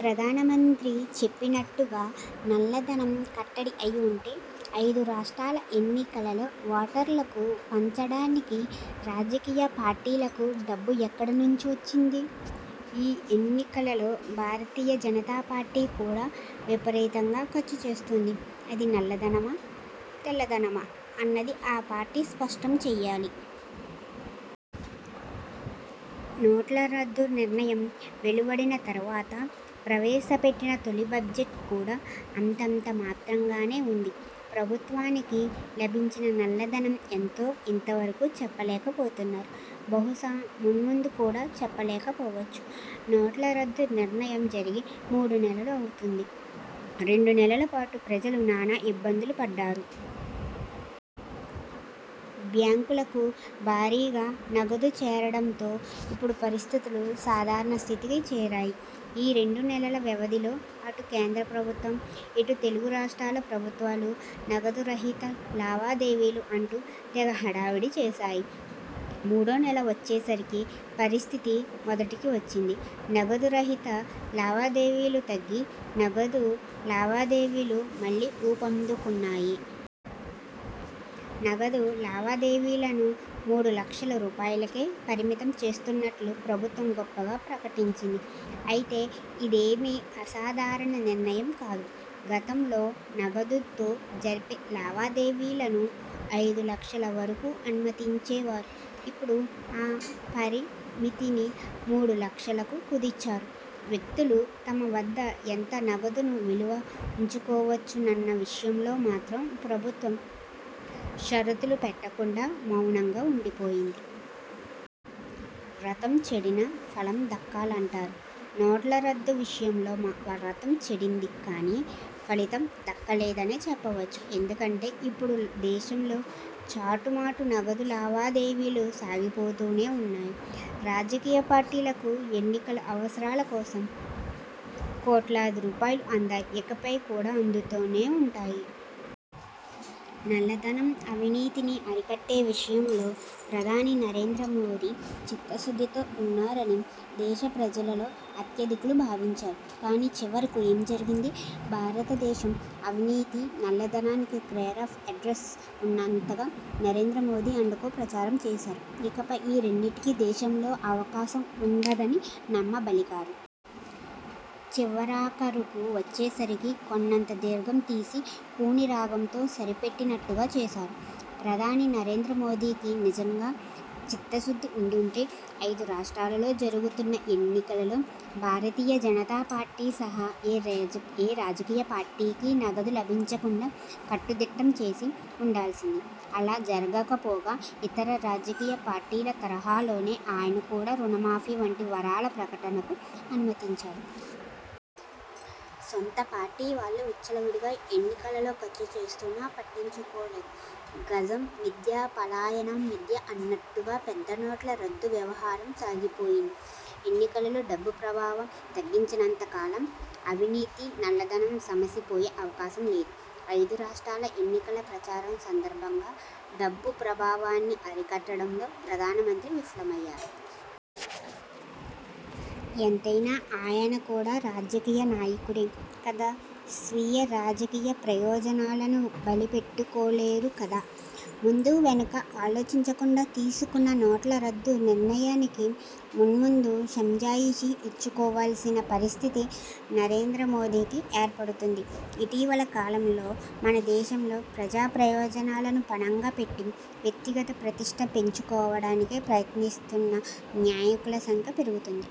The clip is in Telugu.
ప్రధానమంత్రి చెప్పినట్టుగా నల్లధనం కట్టడి అయిఉంటే ఐదు రాష్ర్టాల ఎన్నికలలో ఓటర్లకు పంచడానికి రాజకీయ పార్టీలకు డబ్బు ఎక్కడ నుంచి వచ్చింది? ఈ ఎన్నికలలో భారతీయ జనతా పార్టీ కూడా విపరీతంగా ఖర్చుచేస్తోంది. అది నల్ల ధనమా? తెల్ల ధనమా? అన్నది ఆ పార్టీ స్పష్టం చేయాలి. నోట్ల రద్దు నిర్ణయం వెలువడిన తర్వాత ప్రవేశపెట్టిన తొలి బడ్జెట్ కూడా అంతంత మాత్రంగానే ఉంది. ప్రభుత్వానికి లభించిన నల్లధనం ఎంతో ఇంతవరకు చెప్పలేకపోతున్నారు. బహుశా మున్ముందు కూడా చెప్పలేకపోవచ్చు. నోట్ల రద్దు నిర్ణయం జరిగి మూడు నెలలు అవుతోంది. రెండు నెలలపాటు ప్రజలు నానా ఇబ్బందులుపడ్డారు. బ్యాంకులకు భారీగా నగదు చేరడంతో ఇప్పుడు పరిస్థితులు సాధారణ స్థితికి చేరాయి. ఈ రెండు నెలల వ్యవధిలో అటు కేంద్ర ప్రభుత్వం, ఇటు తెలుగు రాష్ర్టాల ప్రభుత్వాలు నగదురహిత లావాదేవీలు అంటూ తెగ హడావిడి చేశాయి. మూడో నెల వచ్చేసరికి పరిస్థితి మొదటికి వచ్చింది. నగదురహిత లావాదేవీలు తగ్గి నగదు లావాదేవీలు మళ్లీ ఊపందుకున్నాయి. నగదు లావాదేవీలను మూడు లక్షల రూపాయలకే పరిమితం చేస్తున్నట్టు ప్రభుత్వం గొప్పగా ప్రకటించింది. అయితే ఇదేమీ అసాధారణ నిర్ణయం కాదు. గతంలో నగదుతో జరిపే లావాదేవీలను ఐదు లక్షల వరకు అనుమతించేవారు. ఇప్పుడు ఆ పరిమితిని మూడు లక్షలకు కుదించారు. వ్యక్తులు తమ వద్ద ఎంత నగదును నిలువ ఉంచుకోవచ్చునన్న విషయంలో మాత్రం ప్రభుత్వం షరతులు పెట్టకుండా మౌనంగా ఉండిపోయింది. వ్రతం చెడినా ఫలం దక్కాలంటారు. నోట్ల రద్దు విషయంలో వ్రతం చెడింది కానీ ఫలితం దక్కలేదనే చెప్పవచ్చు. ఎందుకంటే ఇప్పుడు దేశంలో చాటుమాటు నగదు లావాదేవీలు సాగిపోతూనే ఉన్నాయి. రాజకీయ పార్టీలకు ఎన్నికల అవసరాల కోసం కోట్లాది రూపాయలు అందాయి. ఇకపై కూడా అందుతూనే ఉంటాయి. నల్లధనం- అవినీతిని అరికట్టే విషయంలో ప్రధాని నరేంద్ర మోదీ చిత్తశుద్ధితో ఉన్నారని దేశ ప్రజలలో అత్యధికులు భావించారు. కానీ చివరకు ఏం జరిగింది? భారతదేశం అవినీతి- నల్లధనానికి కేరాఫ్ అడ్రస్ అన్నంతగా నరేంద్ర మోదీ అండ్ కో ప్రచారం చేశారు. ఇకపై ఈ రెండింటికీ దేశంలో అవకాశం ఉండదని నమ్మబలికారు. చివరాఖరుకు వచ్చేసరికి కొండంత దీర్ఘం తీసి కూని రాగంతో సరిపెట్టినట్టుగా చేశారు. ప్రధాని నరేంద్ర మోదీకి నిజంగా చిత్తశుద్ధి ఉండి ఉంటే ఐదు రాష్ర్టాలలో జరుగుతున్న ఎన్నికలలో భారతీయ జనతాపార్టీ సహా ఏ రాజకీయ పార్టీకీ నగదు లభించకుండా కట్టుదిట్టం చేసి ఉండాల్సింది. అలా జరగకపోగా ఇతర రాజకీయ పార్టీల తరహాలోనే ఆయన కూడా రుణమాఫీ వంటి వరాల ప్రకటనకు అనుమతించారు. సొంత పార్టీ వాళ్లు విచ్చలవిడిగా ఎన్నికలలో ఖర్చు చేస్తున్నా పట్టించుకోలేదు. గజం మిథ్య పలాయనం మిథ్య అన్నట్టుగా పెద్దనోట్ల రద్దు వ్యవహారం సాగిపోయింది. ఎన్నికలలో డబ్బు ప్రభావం తగ్గించనంత కాలం అవినీతి, నల్లధనం సమసిపోయే అవకాశం లేదు. ఐదు రాష్ర్టాల ఎన్నికల ప్రచారం సందర్భంగా డబ్బు ప్రభావాన్ని అరికట్టడంలో ప్రధానమంత్రి విఫలమయ్యారు. ఎంతైనా ఆయన కూడా రాజకీయ నాయకుడే కదా! స్వీయ రాజకీయ ప్రయోజనాలను బలిపెట్టుకోలేరు కదా! ముందూవెనుకా ఆలోచించకుండా తీసుకున్న నోట్ల రద్దు నిర్ణయానికి మున్ముందు సంజాయిషీ ఇచ్చుకోవలసిన పరిస్థితి నరేంద్ర మోదీకి ఏర్పడుతుంది. ఇటీవలి కాలంలో మన దేశంలో ప్రజాప్రయోజనాలను పణంగా పెట్టి వ్యక్తిగత ప్రతిష్ఠ పెంచుకోవడానికి ప్రయత్నిస్తున్న నాయకుల సంఖ్య పెరుగుతోంది.